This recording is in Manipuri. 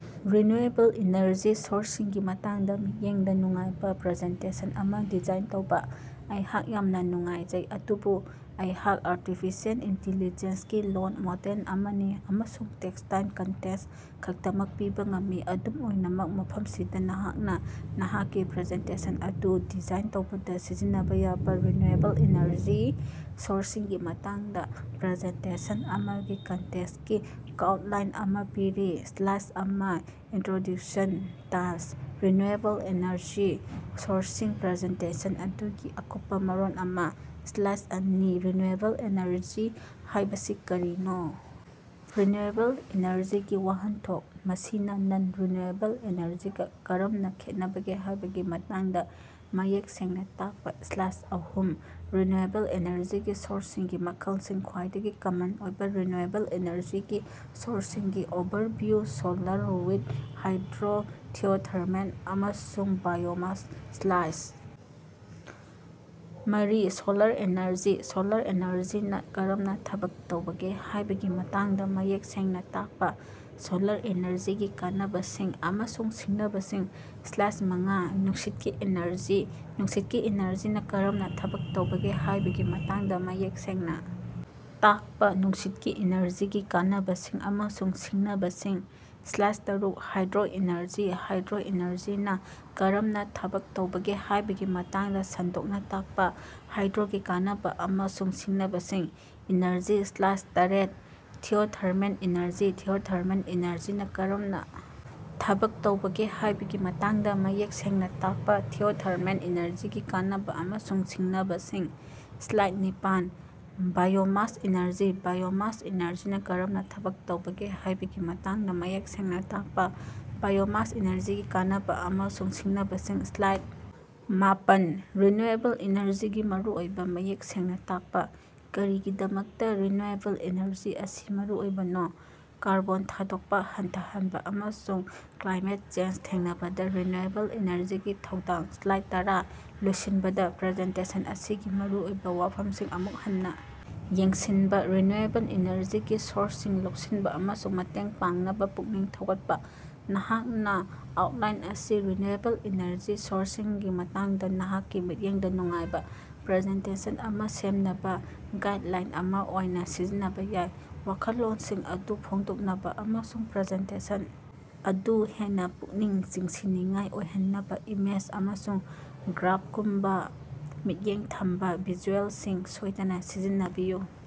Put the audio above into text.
ꯔꯤꯅ꯭ꯌꯨꯑꯦꯕꯜ ꯏꯅꯔꯖꯤ ꯁꯣꯔꯁꯁꯤꯡꯒꯤ ꯃꯇꯥꯡꯗ ꯃꯤꯠꯌꯦꯡꯗ ꯅꯨꯡꯉꯥꯏꯕ ꯄ꯭ꯔꯖꯦꯟꯇꯦꯁꯟ ꯑꯃ ꯗꯤꯖꯥꯏꯟ ꯇꯧꯕ꯫ ꯑꯩꯍꯥꯛ ꯌꯥꯝꯅ ꯅꯨꯡꯉꯥꯏꯖꯩ, ꯑꯗꯨꯕꯨ ꯑꯩꯍꯥꯛ ꯑꯥꯔꯇꯤꯐꯤꯁꯤꯑꯦꯜ ꯏꯟꯇꯤꯂꯤꯖꯦꯟꯁ ꯒꯤ ꯂꯣꯜ ꯃꯣꯗꯦꯜ ꯑꯃꯅꯤ ꯑꯃꯁꯨꯡ ꯇꯦꯛꯁꯇꯥꯏꯜ ꯀꯟꯇꯦꯟꯇ ꯈꯛꯇꯃꯛ ꯄꯤꯕ ꯉꯝꯃꯤ꯫ ꯑꯗꯨꯝ ꯑꯣꯏꯅꯃꯛ, ꯃꯐꯝꯁꯤꯗ ꯅꯍꯥꯛꯅ ꯅꯍꯥꯛꯀꯤ ꯄ꯭ꯔꯖꯦꯟꯇꯦꯁꯟ ꯑꯗꯨ ꯗꯤꯖꯥꯏꯟ ꯇꯧꯕꯗ ꯁꯤꯖꯤꯟꯅꯕ ꯌꯥꯕ ꯔꯤꯅ꯭ꯌꯨꯑꯦꯕꯜ ꯑꯦꯅꯔꯖꯤ ꯁꯣꯔꯁꯁꯤꯡꯒꯤ ꯃꯇꯥꯡꯗ ꯄ꯭ꯔꯖꯦꯟꯇꯦꯁꯟ ꯑꯃꯒꯤ ꯀꯟꯇꯦꯟꯇꯀꯤ ꯑꯥꯎꯇꯂꯥꯏꯟ ꯑꯃ ꯄꯤꯔꯤ: ꯁ꯭ꯂꯥꯏꯗ ꯑꯃ: ꯏꯅꯇ꯭ꯔꯣꯗ꯭ꯌꯨꯁꯟ ꯇꯥꯏꯇꯜ: ꯔꯤꯟꯌꯨꯑꯦꯕꯜ ꯑꯦꯅꯔꯖꯤ ꯁꯣꯔꯁꯁꯤꯡ ꯄ꯭ꯔꯖꯦꯟꯇꯦꯁꯟ ꯑꯗꯨꯒꯤ ꯑꯀꯨꯞꯄ ꯃꯔꯣꯜ ꯑꯃ꯫ ꯁ꯭ꯂꯥꯏꯗ ꯑꯅꯤ: ꯔꯤꯅ꯭ꯌꯨꯑꯦꯕꯜ ꯑꯦꯅꯔꯖꯤ ꯍꯥꯏꯕꯁꯤ ꯀꯔꯤꯅꯣ? ꯔꯤꯅ꯭ꯌꯨꯑꯦꯕꯜ ꯏꯅꯔꯖꯤꯒꯤ ꯋꯥꯍꯟꯊꯣꯛ ꯃꯁꯤꯅ ꯅꯟ-ꯔꯤꯟꯌꯨꯑꯦꯕꯜ ꯑꯦꯅꯔꯖꯤꯒ ꯀꯔꯝꯅ ꯈꯦꯠꯅꯕꯒꯦ ꯍꯥꯏꯕꯒꯤ ꯃꯇꯥꯡꯗ ꯃꯌꯦꯛ ꯁꯦꯡꯅ ꯇꯥꯛꯄ ꯁ꯭ꯂꯥꯏꯗ ꯑꯍꯨꯝ: ꯔꯤꯅ꯭ꯌꯨꯑꯦꯕꯜ ꯑꯦꯅꯔꯖꯤꯒꯤ ꯁꯣꯔꯁꯁꯤꯡꯒꯤ ꯃꯈꯜꯁꯤꯡ ꯈ꯭ꯋꯥꯏꯗꯒꯤ ꯀꯃꯟ ꯑꯣꯏꯕ ꯔꯤꯅ꯭ꯌꯨꯑꯦꯕꯜ ꯑꯦꯅꯔꯖꯤꯒꯤ ꯁꯣꯔꯁꯁꯤꯡꯒꯤ overview: solar, wind, hydro, geothermal, ꯑꯃꯁꯨꯡ ꯕꯥꯏꯑꯣꯃꯥꯁ꯫ ꯁ꯭ꯂꯥꯏꯗ ꯃꯔꯤ: ꯁꯣꯂꯥꯔ ꯑꯦꯅꯔꯖꯤ: ꯁꯣꯂꯥꯔ ꯑꯦꯅꯔꯖꯤꯅ ꯀꯔꯝꯅ ꯊꯕꯛ ꯇꯧꯕꯒꯦ ꯍꯥꯏꯕꯒꯤ ꯃꯇꯥꯡꯗ ꯃꯌꯦꯛ ꯁꯦꯡꯅ ꯇꯥꯛꯄ ꯁꯣꯂꯥꯔ ꯑꯦꯅꯔꯖꯤꯒꯤ ꯀꯥꯟꯅꯕꯁꯤꯡ ꯑꯃꯁꯨꯡ ꯁꯤꯡꯅꯕꯁꯤꯡ꯫ ꯁ꯭ꯂꯥꯏꯗ ꯃꯉꯥ: ꯅꯨꯡꯁꯤꯠꯀꯤ ꯏꯅꯔꯖꯤ ꯅꯨꯡꯁꯤꯠꯀꯤ ꯏꯅꯔꯖꯤꯅ ꯀꯔꯝꯅ ꯊꯕꯛ ꯇꯧꯕꯒꯦ ꯍꯥꯏꯕꯒꯤ ꯃꯇꯥꯡꯗ ꯃꯌꯦꯛ ꯁꯦꯡꯅ ꯇꯥꯛꯄ ꯅꯨꯡꯁꯤꯠꯀꯤ ꯏꯅꯔꯖꯤꯒꯤ ꯀꯥꯟꯅꯕꯁꯤꯡ ꯑꯃꯁꯨꯡ ꯁꯤꯡꯅꯕꯁꯤꯡ꯫ ꯁ꯭ꯂꯥꯏꯗ ꯇꯔꯨꯛ: ꯍꯥꯏꯗ꯭ꯔꯣ ꯏꯅꯔꯖꯤ ꯍꯥꯏꯗ꯭ꯔꯣ ꯑꯦꯅꯔꯖꯤꯅ ꯀꯔꯝꯅ ꯊꯕꯛ ꯇꯧꯕꯒꯦ ꯍꯥꯏꯕꯒꯤ ꯃꯇꯥꯡꯗ ꯁꯟꯗꯣꯛꯅ ꯇꯥꯛꯄ ꯍꯥꯏꯗ꯭ꯔꯣꯒꯤ ꯀꯥꯟꯅꯕ ꯑꯃꯁꯨꯡ ꯁꯤꯡꯅꯕꯁꯤꯡ꯫ ꯏꯅꯔꯖꯤ ꯁ꯭ꯂꯥꯏꯗ ꯇꯔꯦꯠ: ꯖꯤꯑꯣꯊꯔꯃꯦꯜ ꯏꯅꯔꯖꯤ ꯖꯤꯑꯣꯊꯔꯃꯦꯜ ꯏꯅꯔꯖꯤꯅ ꯀꯔꯝꯅ ꯊꯕꯛ ꯇꯧꯕꯒꯦ ꯍꯥꯏꯕꯒꯤ ꯃꯇꯥꯡꯗ ꯃꯌꯦꯛ ꯁꯦꯡꯅ ꯇꯥꯛꯄ ꯖꯤꯑꯣꯊꯔꯃꯦꯜ ꯏꯅꯔꯖꯤꯒꯤ ꯀꯥꯟꯅꯕꯥ ꯑꯃꯁꯨꯡ ꯁꯤꯡꯅꯕꯁꯤꯡ꯫ ꯁ꯭ꯂꯥꯏꯗ ꯅꯤꯄꯥꯜ: ꯕꯥꯏꯑꯣꯃꯥꯁ ꯏꯅꯔꯖꯤ ꯕꯥꯏꯑꯣꯃꯥꯁ ꯏꯅꯔꯖꯤꯅ ꯀꯔꯝꯅ ꯊꯕꯛ ꯇꯧꯕꯒꯦ ꯍꯥꯏꯕꯒꯤ ꯃꯇꯥꯡꯗ ꯃꯌꯦꯛ ꯁꯦꯡꯅ ꯇꯥꯛꯄ ꯕꯥꯏꯑꯣꯃꯥꯁ ꯏꯅꯔꯖꯤꯒꯤ ꯀꯥꯟꯅꯕ ꯑꯃꯁꯨꯡ ꯁꯤꯡꯅꯕꯁꯤꯡ ꯁ꯭ꯂꯥꯏꯗ ꯃꯥꯄꯜ: ꯔꯤꯟꯌꯨꯑꯦꯕꯜ ꯏꯅꯔꯖꯤꯒꯤ ꯃꯔꯨꯑꯣꯏꯕ ꯃꯌꯦꯛ ꯁꯦꯡꯅ ꯇꯥꯛꯄ꯫ ꯀꯔꯤꯒꯤꯗꯃꯛꯇꯥ ꯔꯤꯟꯌꯨꯑꯦꯕꯜ ꯏꯅꯔꯖꯤ ꯑꯁꯤ ꯃꯔꯨꯑꯣꯏꯕꯅꯣ ꯀꯥꯔꯕꯣꯟ ꯊꯥꯗꯣꯛꯄ ꯍꯟꯊꯍꯟꯕ ꯑꯃꯁꯨꯡ ꯀ꯭ꯂꯥꯏꯃꯦꯠ ꯆꯦꯟꯖ ꯊꯦꯡꯅꯕꯗ ꯔꯤꯟꯌꯨꯑꯦꯕꯜ ꯏꯅꯔꯖꯤꯒꯤ ꯊꯧꯗꯥꯡ ꯁ꯭ꯂꯥꯏꯗ ꯇꯔꯥ: ꯂꯣꯏꯁꯤꯟꯕꯗ ꯄ꯭ꯔꯖꯦꯟꯇꯦꯁꯟ ꯑꯁꯤꯒꯤ ꯃꯔꯨꯑꯣꯏꯕ ꯋꯥꯐꯝꯁꯤꯡ ꯑꯃꯨꯛ ꯍꯟꯅ ꯌꯦꯡꯁꯤꯟꯕ ꯔꯤꯅ꯭ꯌꯨꯑꯦꯕꯜ ꯏꯅꯔꯖꯤꯒꯤ ꯁꯣꯔꯁꯁꯤꯡ ꯂꯧꯁꯤꯟꯕ ꯑꯃꯁꯨꯡ ꯃꯇꯦꯡ ꯄꯥꯡꯅꯕ ꯄꯨꯛꯅꯤꯡ ꯊꯧꯒꯠꯄ꯫ ꯅꯍꯥꯛꯅ ꯑꯥꯎꯠꯂꯥꯏꯟ ꯑꯁꯤ ꯔꯤꯟꯌꯨꯑꯦꯕꯜ ꯏꯅꯔꯖꯤ ꯁꯣꯔꯁꯁꯤꯡꯒꯤ ꯃꯇꯥꯡꯗ ꯅꯍꯥꯛꯀꯤ ꯃꯤꯠꯌꯦꯡꯗ ꯅꯨꯡꯉꯥꯏꯕ ꯄ꯭ꯔꯖꯦꯟꯇꯦꯁꯟ ꯑꯃ ꯁꯦꯝꯅꯕ ꯒꯥꯏꯗꯂꯥꯏꯟ ꯑꯃ ꯑꯣꯏꯅ ꯁꯤꯖꯤꯟꯅꯕ ꯌꯥꯏ꯫ ꯋꯥꯈꯜꯂꯣꯟꯁꯤꯡ ꯑꯗꯨ ꯐꯣꯡꯗꯣꯛꯅꯕ ꯑꯃꯁꯨꯡ ꯄ꯭ꯔꯖꯦꯟꯇꯦꯁꯟ ꯑꯗꯨ ꯍꯦꯟꯅ ꯄꯨꯛꯅꯤꯡ ꯆꯤꯡꯁꯤꯟꯅꯤꯡꯉꯥꯏ ꯑꯣꯏꯍꯟꯅꯕ ꯏꯃꯦꯖ ꯑꯃꯁꯨꯡ ꯒ꯭ꯔꯥꯐꯒꯨꯝꯕ ꯃꯤꯠꯌꯦꯡ ꯊꯝꯕ ꯚꯤꯖꯨꯑꯦꯂꯁꯤꯡ ꯁꯣꯏꯗꯅ ꯁꯤꯖꯤꯟꯅꯕꯤꯌꯨ꯫